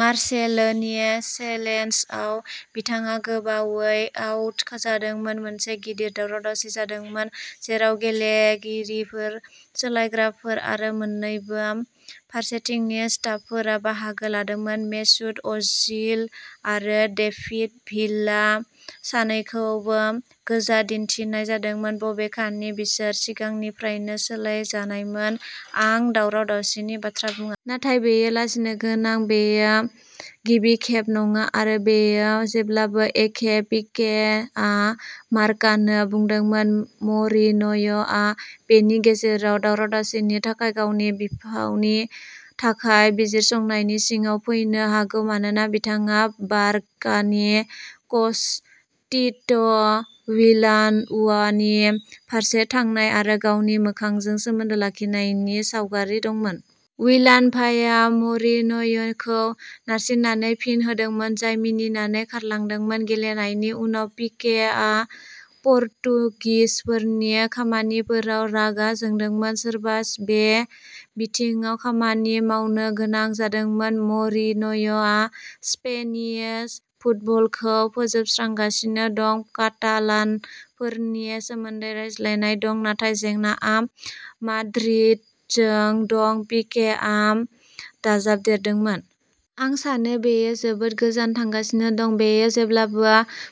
मार्सेलोनि चेलेन्जआव बिथाङा गोबावै आउट जादोंमोन। मोनसे गिदिर दावराव-दावसि जादोंमोन जेराव गेलेगिरिफोर, सोलायग्राफोर आरो मोननैबो फारसेथिंनि स्टाफफोरा बाहागो लादोंमोन मेसुत अजिल आरो डेभिड भिल्ला सानैखौबो गोजा दिन्थिनाय जादोंमोन बबेखानि बिसोर सिगांनिफ्रायनो सोलायजानायमोन। आं दावराव-दावसिनि बाथ्रा बुङा। नाथाय बेयो लाजिनोगोनां, बेयो गिबि खेब नङा आरो बेयो जेब्लाबो एखे पिकेआ मार्कानो बुंदोंमोन। मरिनय'आ बेनि गेजेराव दावराव-दावसिनि थाखाय गावनि बिफावनि थाखाय बिजिरसंनायनि सिङाव फैनो हागौ मानोना बिथाङा बारकानि कच टिट'विलान'वानि फारसे थांनाय आरो गावनि मोखांजों सोमोन्दो लाखिनायनि सावगारि दंमोन। विलान'भाया मरिनय'खौ नारसिन्नानै फिन होदोंमोन जाय मिनिनानै खारलांदोंमोन। गेलेनायनि उनाव पिकेआ पर्तुगिसफोरनि खामानिफोराव रागा जोंदोंमोन। सोरबा बे बिथिङाव खामानि मावनो गोनां जादों। मरिनय'आ स्पेनिश फुटबलखौ फोजोबस्रांगासिनो दं। कातालानफोरनि सोमोन्दै रायज्लायनाय दं नाथाय जेंनाआ माद्रिदजों दं पिकेआ दाजाबदेरदोंमोन। आं सानो बेयो जोबोद गोजान थांगासिनो दं। बेयो जेब्लाबो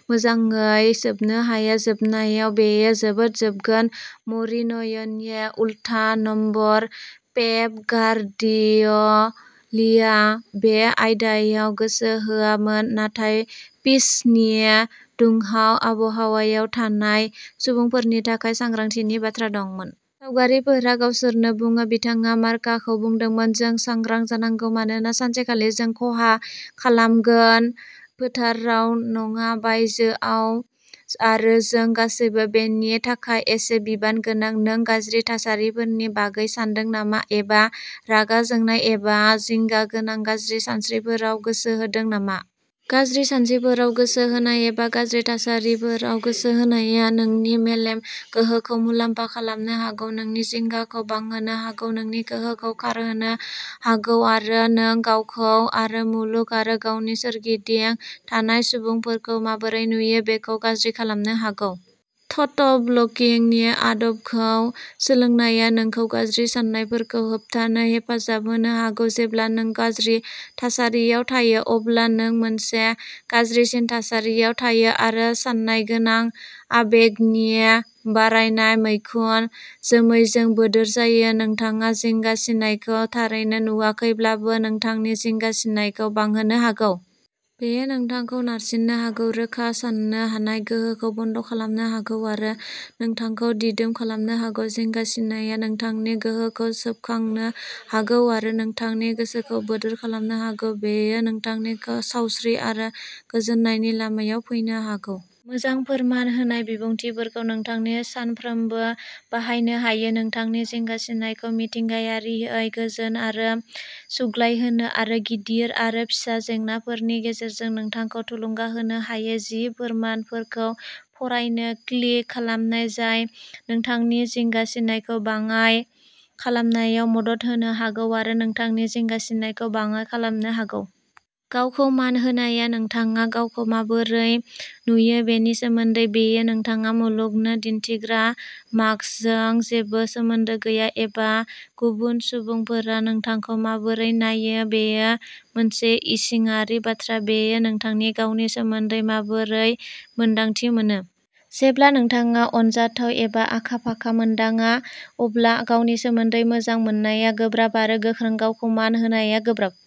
मोजाङै जोबनो हाया। जोबनायाव बेयो जोबोद जोबगोन। "मरिनय'नि उल्था नम्बर पेप गार्डिय'लिया बे आयदायाव गोसो होआमोन नाथाय पिच्चनि दुंहाव आबहावायाव थानाय सुबुंफोरनि थाखाय सांग्रांथिनि बाथ्रा दंमोन।" सावगारिफोरा गावसोरनो बुङो बिथाङा मार्काखौ बुंदोंमोन। "जों सांग्रां जानांगौ मानोना सानसेखालि जों खहा खालामगोन फोथाराव नङा बायजोयाव आरो जों गासैबो बेनि थाखाय एसे बिबान गोनां।" नों गाज्रि थासारिफोरनि बागै सानदों नामा? एबा रागा जोंनाय एबा जिंगा गोनां गाज्रि सानस्रिफोराव गोसो होदों नामा? गाज्रि सानस्रिफोराव गोसो होनाय एबा गाज्रि थासारिफोराव गोसो होनाया नोंनि मेलेम गोहोखौ मुलाम्फा खालामनो हागौ, नोंनि जिंगाखौ बांहोनो हागौ नोंनि गोहोखौ खारहोनो हागौ आरो नों गावखौ आरो मुलुग आरो गावनि सोरगिदिं थानाय सुबुंफोरखौ माबोरै नुयो बेखौ गाज्रि खालामनो हागौ। थ'ट ब्ल'किं नि आदबखौ सोलोंनाया नोंखौ गाज्रि साननायफोरखौ होबथानो हेफाजाब होनो हागौ। जेब्ला नों गाज्रि थासारियाव थायो अब्ला नों मोनसे गाज्रिसिन थासारियाव थायो आरो सानायगोनां आबेगनि बारायनाय मैखुन जोमैजों बोदोर जायो। नोंथाङा जिंगासिनायखौ थारैनो नुवाखैब्लाबो नोंथांनि जिंगासिनायखौ बांहोनो हागौ। बेयो नोंथांखौ नारसिननो हागौ रोखा सान्नो हानाय गोहोखौ बन्द'खालामनो हागौ आरो नोंथांखौ दिदोम खालामनो हागौ। जिंगासिनाया नोंथांनि गोहोखौ सोबखांनो हागौ आरो नोंथांनि गोसोखौ बोदोर खालामनो हागौ। बेयो नोंथांनि सावस्रि आरो गोजोननायनि लामायाव फैनो हागौ। मोजां फोरमान होनाय बिबुंथिफोरखौ नोंथांनि सानफ्रोमबो बाहायनो हायो नोंथांनि जिंगासिनायखौ मिथिंगायारियै गोजोन आरो सुग्लायहोनो आरो गिदिर आरो फिसा जेंनाफोरनि गेजेरजों नोंथांखौ थुलुंगा होनो हायो। जि फोरमानफोरखौ फरायनो क्लिक खालाम जाय नोंथांनि जिंगासिनायखौ बाङाय खालामनायाव मदद होनो हागौ आरो नोंथांनि जिंगासिनायखौ बाङाय खालामनो हागौ। गावखौ मान होनायआ नोंथाङा गावखौ माबोरै नुयो बेनि सोमोन्दै। बेयो नोंथाङा मुलुगनो दिन्थिग्रा मास्कजों जेबो सोमोन्दो गैया एबा गुबुन सुबुंफोरा नोंथांखौ माबोरै नायो। बेयो मोनसे इसिङारि बाथ्रा। बेयो नोंथांनि गावनि सोमोन्दै माबोरै मोन्दांथि मोनो। जेब्ला नोंथाङा अनजाथाव एबा आखा-फाखा मोनदाङा, अब्ला गावनि सोमोन्दै मोजां मोननाया गोब्राब आरो गोख्रों गावखौ मान होनाया गोब्राब।